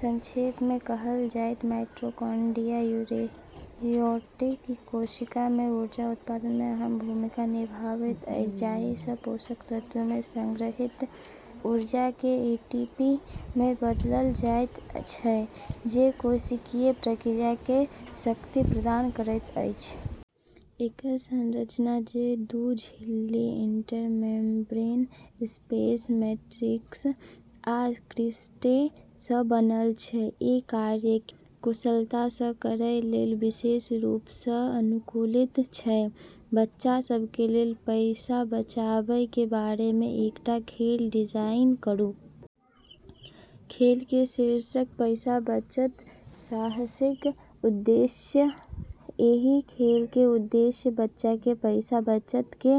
संक्षेप मे कहल जाय त' माइटोकॉन्ड्रिया यूकेरियोटिक कोशिका मे ऊर्जा उत्पादन मे अहम भूमिका निभाबैत अछि, जाहि सँ पोषक तत्व मे संग्रहीत ऊर्जा के एटीपी मे बदलल जाय छै, जे कोशिकीय प्रक्रिया के शक्ति प्रदान करैत अछि। एकर संरचना, जे दू झिल्ली, इंटरमेम्ब्रेन स्पेस, मैट्रिक्स आ क्रिस्टे सँ बनल छै, ई कार्य के कुशलता सँ करै लेल विशेष रूप सँ अनुकूलित छै। बच्चा सब के लेल पैसा बचाबय के बारे मे एकटा खेल डिजाइन करू। खेल के शीर्षक: पैसा-बचत साहसिक। उद्देश्य: एहि खेल के उद्देश्य बच्चा के पैसा बचत के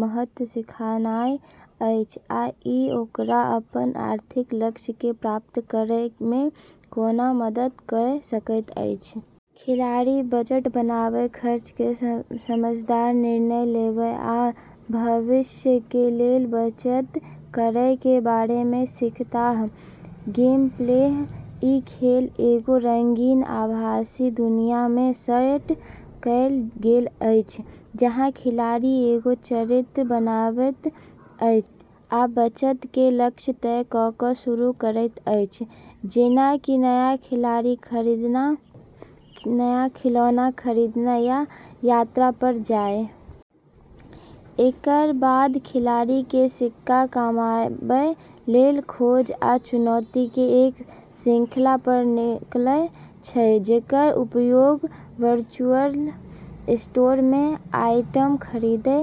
महत्व सिखानाय अछि आ इ ओकरा अपन आर्थिक लक्ष्य के प्राप्त करय मे कोना मदद कए सकैत अछि। खिलाड़ी बजट बनाबय, खर्च के समझदार निर्णय लेबय, आ भविष्य के लेल बचत करय के बारे मे सीखताह। गेमप्ले: ई खेल एगो रंगीन आभासी दुनिया मे सेट कएल गेल अछि, जहाँ खिलाड़ी एगो चरित्र बनाबैत अछि आ बचत के लक्ष्य तय क' क' शुरू करैत अछि, जेना कि नया खिलौना खरीदना या यात्रा पर जाय। एकर बाद खिलाड़ी के सिक्का कमाबय लेल खोज आ चुनौती के एक श्रृंखला पर निकलय छै, जेकर उपयोग वर्चुअल स्टोर मे आइटम खरीदै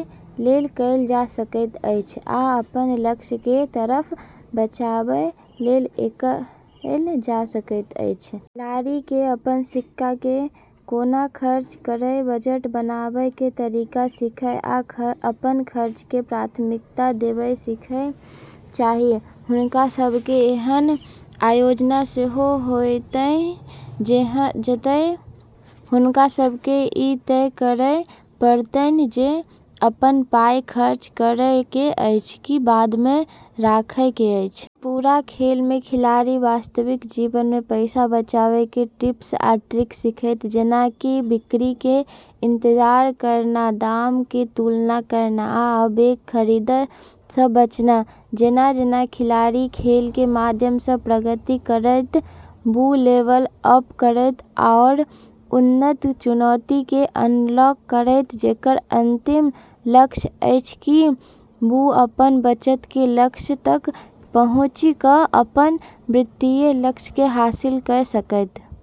लेल कएल जा सकैत अछि या अपन लक्ष्य के तरफ बचाबय लेल कएल जा सकैत अछि। खिलाड़ी के अपन सिक्का के कोना खर्च करय, बजट बनाबय के तरीका सीखय आ अपन खर्च के प्राथमिकता देबय सीखय चाही। हुनका सब के एहन आयोजन सेहो होएतन्हि जतय हुनका सब के ई तय करय पड़तन्हि जे अपन पाई खर्च करय के अछि कि बाद मे राखय के अछि। पूरा खेल मे खिलाड़ी वास्तविक जीवन मे पैसा बचाबय के टिप्स आ ट्रिक सीखतै, जेना कि बिक्री के इंतजार करना, दाम के तुलना करना, आ आवेग खरीद सँ बचना। जेना-जेना खिलाड़ी खेल के माध्यम सँ प्रगति करतै, वू लेवल अप करतै आओर उन्नत चुनौती के अनलॉक करतै, जेकर अंतिम लक्ष्य अछि कि वू अपन बचत के लक्ष्य तक पहुँचि क' अपन वित्तीय लक्ष्य के हासिल कए सकै।